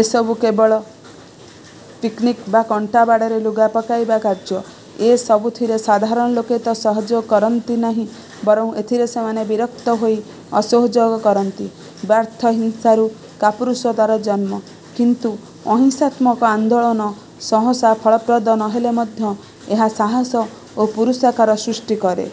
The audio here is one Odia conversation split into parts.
ଏସବୁ କେବଳ ପିନ୍ପ୍ରିକ୍ ବା କଣ୍ଟା ବାଡ଼ରେ ଲୁଗାପକାଇବା କାର୍ଯ୍ୟ। ଏସବୁଥିରେ ସାଧାରଣ ଲୋକେ ତ ସହଯୋଗ କରନ୍ତି ନାହିଁ ବରଂ ଏଥିରେ ସେମାନେ ବିରକ୍ତ ହୋଇ ଅସହଯୋଗ କରନ୍ତି। ବ୍ୟର୍ଥ ହିଂସାରୁ କାପୁରୁଷତାର ଜନ୍ମ। କିନ୍ତୁ ଅହିଂସାତ୍ମକ ଆନ୍ଦୋଳନ ସହସା ଫଳପ୍ରଦ ନହେଲେ ମଧ୍ୟ ଏହା ସାହସ ଓ ପୁରୁଷକାର ସୃଷ୍ଟି କରେ।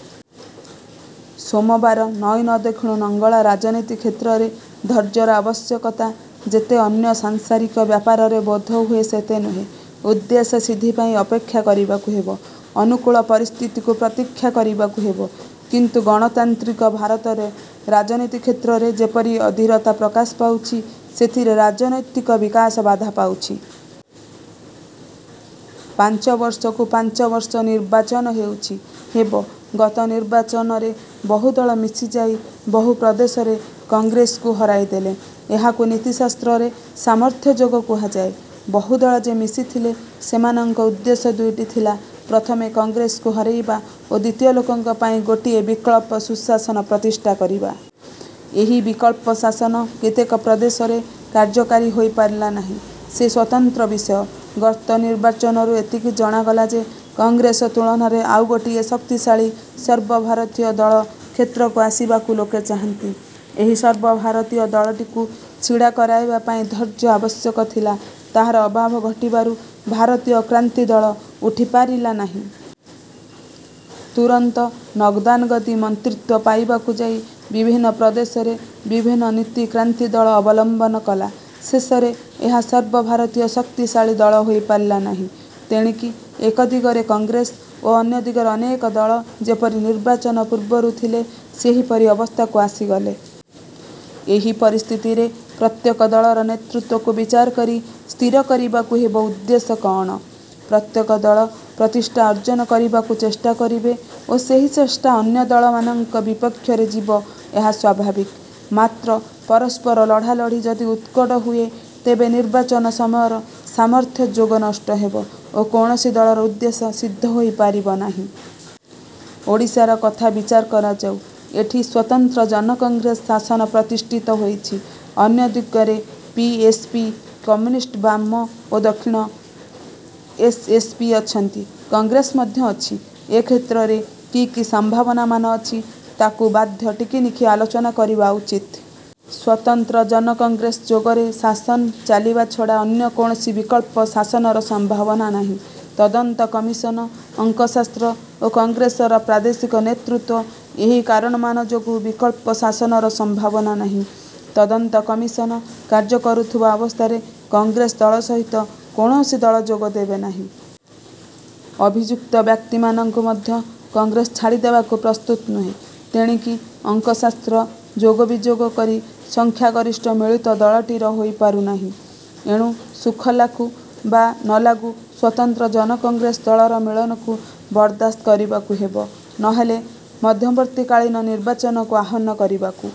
ସୋମବାର ନଇ ନ ଦେଖୁଣୁ ଲଙ୍ଗଳା ରାଜନୀତି କ୍ଷେତ୍ରରେ ଧୈର୍ଯ୍ୟର ଆବଶ୍ୟକତା ଯେତେ ଅନ୍ୟ ସାଂସରିକ ବ୍ୟାପାରରେ ବୋଧହୁଏ ସେତେ ନୁହେଁ। ଉଦ୍ଦେଶ୍ୟ ସିଦ୍ଧିପାଇଁ ଅପେକ୍ଷା କରିବାକୁ ହେବ। ଅନୁକୂଳ ପରିସ୍ଥିତିକୁ ପ୍ରତୀକ୍ଷା କରିବାକୁ ହେବ। କିନ୍ତୁ ଗଣତାନ୍ତ୍ରିକ ଭାରତରେ ରାଜନୀତି କ୍ଷେତ୍ରରେ ଯେପରି ଅଧୀରତା ପ୍ରକାଶ ପାଉଛି ସେଥିରେ ରାଜନୈତିକ ବିକାଶ ବାଧା ପାଉଛି। ପାଞ୍ଚବର୍ଷକୁ ପାଞ୍ଚବର୍ଷ ନିର୍ବାଚନ ହେଉଛି, ହେବ। ଗତ ନିର୍ବାଚନରେ ବହୁ ଦଳ ମିଶିଯାଇ ବହୁ ପ୍ରଦେଶରେ କଂଗ୍ରେସକୁ ହରେଇ ଦେଲେ। ଏହାକୁ ନୀତି ଶାସ୍ତ୍ରରେ 'ସାମର୍ଥ୍ୟ' ଯୋଗ କୁହାଯାଏ। ବହୁ ଦଳ ଯେ ମିଶିଥିଲେ ସେମାନଙ୍କ ଉଦ୍ଦେଶ୍ୟ ଦୁଇଟି ଥିଲା- ପ୍ରଥମେ କଂଗ୍ରେସକୁ ହରେଇବା ଓ ଦ୍ୱିତୀୟ ଲୋକଙ୍କ ପାଇଁ ଗୋଟିଏ ବିକଳ୍ପ ସୁଶାସନ ପ୍ରତିଷ୍ଠା କରିବା। ଏହି ବିକଳ୍ପ ଶାସନ କେତେକ ପ୍ରଦେଶରେ କାର୍ଯ୍ୟକାରୀ ହୋଇପାରିଲା ନାହିଁ। ସେ ସ୍ୱତନ୍ତ୍ର ବିଷୟ। ଗତ ନିର୍ବାଚନରୁ ଏତିକି ଜଣାଗଲା ଯେ କଂଗ୍ରେସ ତୁଳନାରେ ଆଉ ଗୋଟିଏ ଶକ୍ତିଶାଳୀ ସର୍ବଭାରତୀୟ ଦଳ କ୍ଷେତ୍ରକୁ ଆସିବାକୁ ଲୋକେ ଚାହାନ୍ତି। ଏହି ସର୍ବଭାରତୀୟ ଦଳଟିକୁ ଛିଡ଼ା କରାଇବା ପାଇଁ ଧୈର୍ଯ୍ୟ ଆବଶ୍ୟକ ଥିଲା ତାହାର ଅଭାବ ଘଟିବାରୁ ଭାରତୀୟ କ୍ରାନ୍ତିଦଳ ଉଠିପାରିଲା ନାହିଁ। ତୁରନ୍ତ ନଗଦାନଗଦି ମନ୍ତ୍ରୀତ୍ୱ ପାଇବାକୁ ଯାଇ ବିଭିନ୍ନ ପ୍ରଦେଶରେ ବିଭିନ୍ନ ନୀତି କ୍ରାନ୍ତିଦଳ ଅବଲମ୍ବନ କଲା- ଶେଷରେ ଏହା ସର୍ବଭାରତୀୟ ଶକ୍ତିଶାଳୀ ଦଳ ହୋଇପାରିଲା ନାହିଁ। ତେଣିକି ଏକ ଦିଗରେ କଂଗ୍ରେସ ଓ ଅନ୍ୟ ଦିଗରେ ଅନେକ ଦଳ ଯେପରି ନିର୍ବାଚନ ପୂର୍ବରୁ ଥିଲେ ସେହିପରି ଅବସ୍ଥାକୁ ଆସିଗଲେ। ଏହି ପରିସ୍ଥିତିରେ ପ୍ରତ୍ୟେକ ଦଳର ନେତୃତ୍ୱକୁ ବିଚାର କରି ସ୍ଥିର କରିବାକୁ ହେବ ଉଦ୍ଦେଶ୍ୟ କଅଣ? ପ୍ରତ୍ୟେକ ଦଳ ପ୍ରତିଷ୍ଠା ଅର୍ଜ୍ଜନ କରିବାକୁ ଚେଷ୍ଟା କରିବେ ଓ ସେହି ଚେଷ୍ଟା ଅନ୍ୟ ଦଳମାନଙ୍କ ବିପକ୍ଷରେ ଯିବ ଏହା ସ୍ୱାଭାବିକ। ମାତ୍ର ପରସ୍ପର ଲଢ଼ାଲଢ଼ି ଯଦି ଉତ୍କଟ ହୁଏ ତେବେ ନିର୍ବାଚନ ସମୟର 'ସାମର୍ଥ୍ୟ' ଯୋଗ ନଷ୍ଟ ହେବ ଓ କୌଣସି ଦଳର ଉଦ୍ଦେଶ୍ୟ ସିଦ୍ଧ ହୋଇପାରିବ ନାହିଁ। ଓଡ଼ିଶାର କଥା ବିଚାର କରାଯାଉ। ଏଠି ସ୍ୱତନ୍ତ୍ର-ଜନକଂଗ୍ରେସ ଶାସନ ପ୍ରତିଷ୍ଠିତ ହୋଇଛି। ଅନ୍ୟ ଦିଗରେ ପି:ଏସ୍:ପି, କମ୍ୟୁନିଷ୍ଟ ବାମ ଓ ଦକ୍ଷିଣ ଏସ୍:ଏସ୍:ପି ଅଛନ୍ତି, କଂଗ୍ରେସ ମଧ୍ୟ ଅଛି। ଏ କ୍ଷେତ୍ରରେ କି କି ସମ୍ଭାବନାମାନ ଅଛି ତାକୁ ମଧ୍ୟ ଟିକିନିଖି ଆଲୋଚନା କରିବା ଉଚିତ। ସ୍ୱତନ୍ତ୍ର ଜନକଂଗ୍ରେସ ଯୋଗରେ ଶାସନ ଚାଲିବା ଛଡ଼ା ଅନ୍ୟ କୌଣସି ବିକଳ୍ପ ଶାସନର ସମ୍ଭାବନା ନାହିଁ। ତଦନ୍ତ କମିଶନ, ଅଙ୍କଶାସ୍ତ୍ର ଓ କଂଗ୍ରେସର ପ୍ରାଦେଶିକ ନେତୃତ୍ୱ ଏହି କାରଣମାନ ଯୋଗୁଁ ବିକଳ୍ପ ଶାସନର ସମ୍ଭାବନା ନାହିଁ। ତଦନ୍ତ କମିଶନ କାର୍ଯ୍ୟ କରୁଥିବା ଅବସ୍ଥାରେ କଂଗ୍ରେସ ଦଳ ସହିତ କୌଣସି ଦଳ ଯୋଗ ଦେବେନାହିଁ। ଅଭିଯୁକ୍ତ ବ୍ୟକ୍ତିମାନଙ୍କୁ ମଧ୍ୟ କଂଗ୍ରେସ ଛାଡ଼ିଦେବାକୁ ପ୍ରସ୍ତୁତ ନୁହେଁ। ତେଣିକି ଅଙ୍କଶାସ୍ତ୍ର ଯୋଗ ବିଯୋଗ କରି ସଂଖ୍ୟାଗରିଷ୍ଠ ମିଳିତ ଦଳଟିଏ ହୋଇ ପାରୁନାହିଁ। ଏଣୁ ସୁଖଲାଗୁ ବା ନଲାଗୁ ସ୍ୱତନ୍ତ୍ର ଜନକଂଗ୍ରେସ ଦଳର ମିଳନକୁ ବରଦାସ୍ତ କରିବାକୁ ହେବ। ନହେଲେ ମଧ୍ୟବର୍ତ୍ତୀକାଳୀନ ନିର୍ବାଚନକୁ ଆହ୍ୱାନ କରିବାକୁ